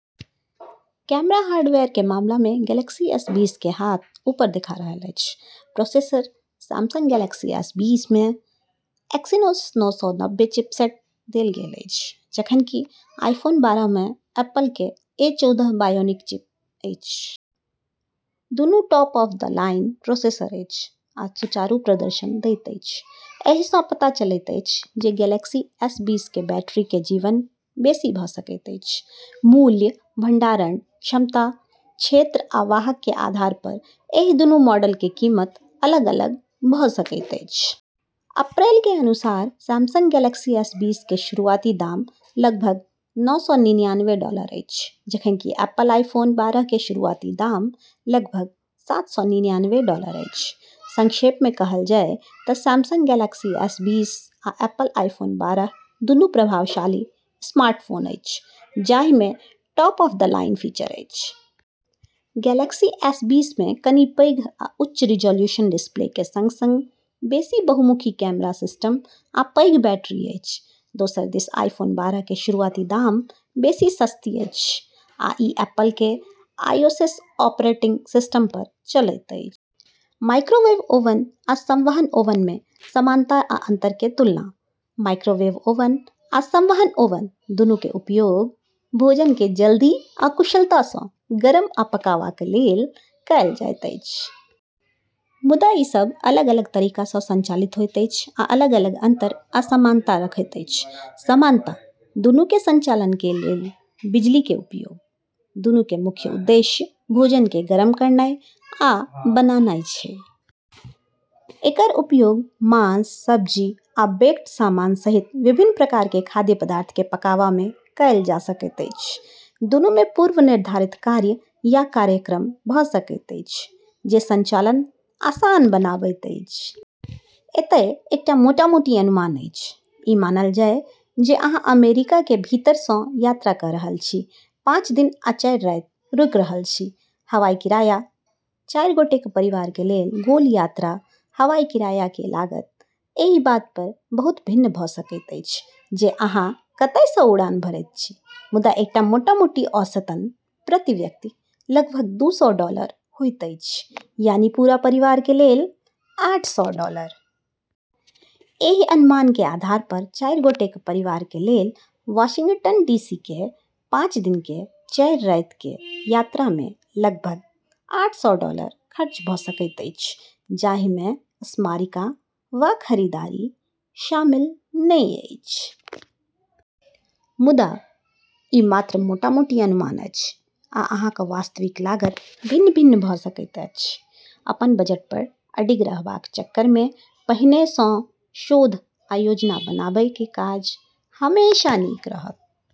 Camera hardware के मामला मे गैलेक्सी एस बीस के हाथ ऊपर देखा रहल अछि। प्रोसेसर: सैमसंग गैलेक्सी एस बीस मे एक्सिनोस नौ सौ नब्बे चिपसेट देल गेल अछि, जखन कि आईफोन बारह मे एप्पल के ए चौदह बायोनिक चिप अछि। दुनू टॉप-ऑफ-द-लाइन प्रोसेसर अछि आ सुचारू प्रदर्शन दैत अछि। एहि सँ पता चलैत अछि जे गैलेक्सी एस बीस के बैटरी के जीवन बेसी भ' सकैत अछि। मूल्य: भंडारण क्षमता, क्षेत्र आ वाहक के आधार पर एहि दूनू मॉडल के कीमत अलग-अलग भ' सकैत अछि। अप्रैल के अनुसार सैमसंग गैलेक्सी एस बीस के शुरुआती दाम लगभग नौ सौ निन्यानबे डॉलर अछि, जखन कि एप्पल आईफोन बारह के शुरुआती दाम लगभग सात सौ निन्यानबे डॉलर अछि। संक्षेप मे कहल जाय त' सैमसंग गैलेक्सी एस बीस आ एप्पल आईफोन बारह दुनू प्रभावशाली स्मार्टफोन अछि जाहि मे टॉप-ऑफ-द-लाइन फीचर अछि। गैलेक्सी एस बीस मे कनि पैघ आ उच्च रिजॉल्यूशन डिस्प्ले के संग-संग बेसी बहुमुखी कैमरा सिस्टम आ पैघ बैटरी अछि। दोसर दिस आईफोन बारह के शुरुआती दाम बेसी सस्ती अछि आ ई एप्पल के आईओएस ऑपरेटिंग सिस्टम पर चलैत अछि। माइक्रोवेव ओवन आ संवहन ओवन मे समानता आ अंतर के तुलना: माइक्रोवेव ओवन आ संवहन ओवन दुनू के उपयोग भोजन के जल्दी आ कुशलता सँ गरम आ पकावा के लेल कएल जायत अछि। मुदा, ई सब अलग-अलग तरीका सँ संचालित होइत अछि आ अलग-अलग अंतर आ समानता रखैत अछि। समानता: दुनू के संचालन के लेल बिजली के उपयोग। दुनू के मुख्य उद्देश्य भोजन के गरम करनाय आ बनानाय छै। एकर उपयोग मांस, सब्जी, आ बेक्ड सामान सहित विभिन्न प्रकार के खाद्य पदार्थ के पकावा मे कएल जा सकैत अछि। दुनू मे पूर्व निर्धारित कार्य या कार्यक्रम भ' सकैत अछि जे संचालन आसान बनाबैत अछि। एतय एकटा मोटा-मोटी अनुमान अछि, ई मानल जाय जे अहाँ अमेरिका के भीतर सँ यात्रा क' रहल छी, पाँच दिन आ चारि राति रुकि रहल छी: हवाई किराया: चारि गोटेक परिवार के लेल गोल-यात्रा हवाई किराया के लागत एहि बात पर बहुत भिन्न भ' सकैत अछि जे अहाँ कतय सँ उड़ान भरैत छी, मुदा एकटा मोटा-मोटी औसतन प्रति व्यक्ति लगभग दू सौ डॉलर होइत अछि, यानी पूरा परिवार के लेल आठ सौ डॉलर। एहि अनुमान के आधार पर चारि गोटेक परिवार के लेल वाशिंगटन डी. सी. के पाँच दिन के चारि राति के यात्रा मे लगभग आठ सौ डॉलर खर्च भ' सकैत अछि, जाहि मे स्मारिका वा खरीदारी शामिल नै अछि। मुदा, ई मात्र मोटा-मोटी अनुमान अछि, आ अहाँक वास्तविक लागत भिन्न-भिन्न भ' सकैत अछि। अपन बजट पर अडिग रहबाक चक्कर मे पहिने सँ शोध आ योजना बनाबय के काज हमेशा नीक रहत।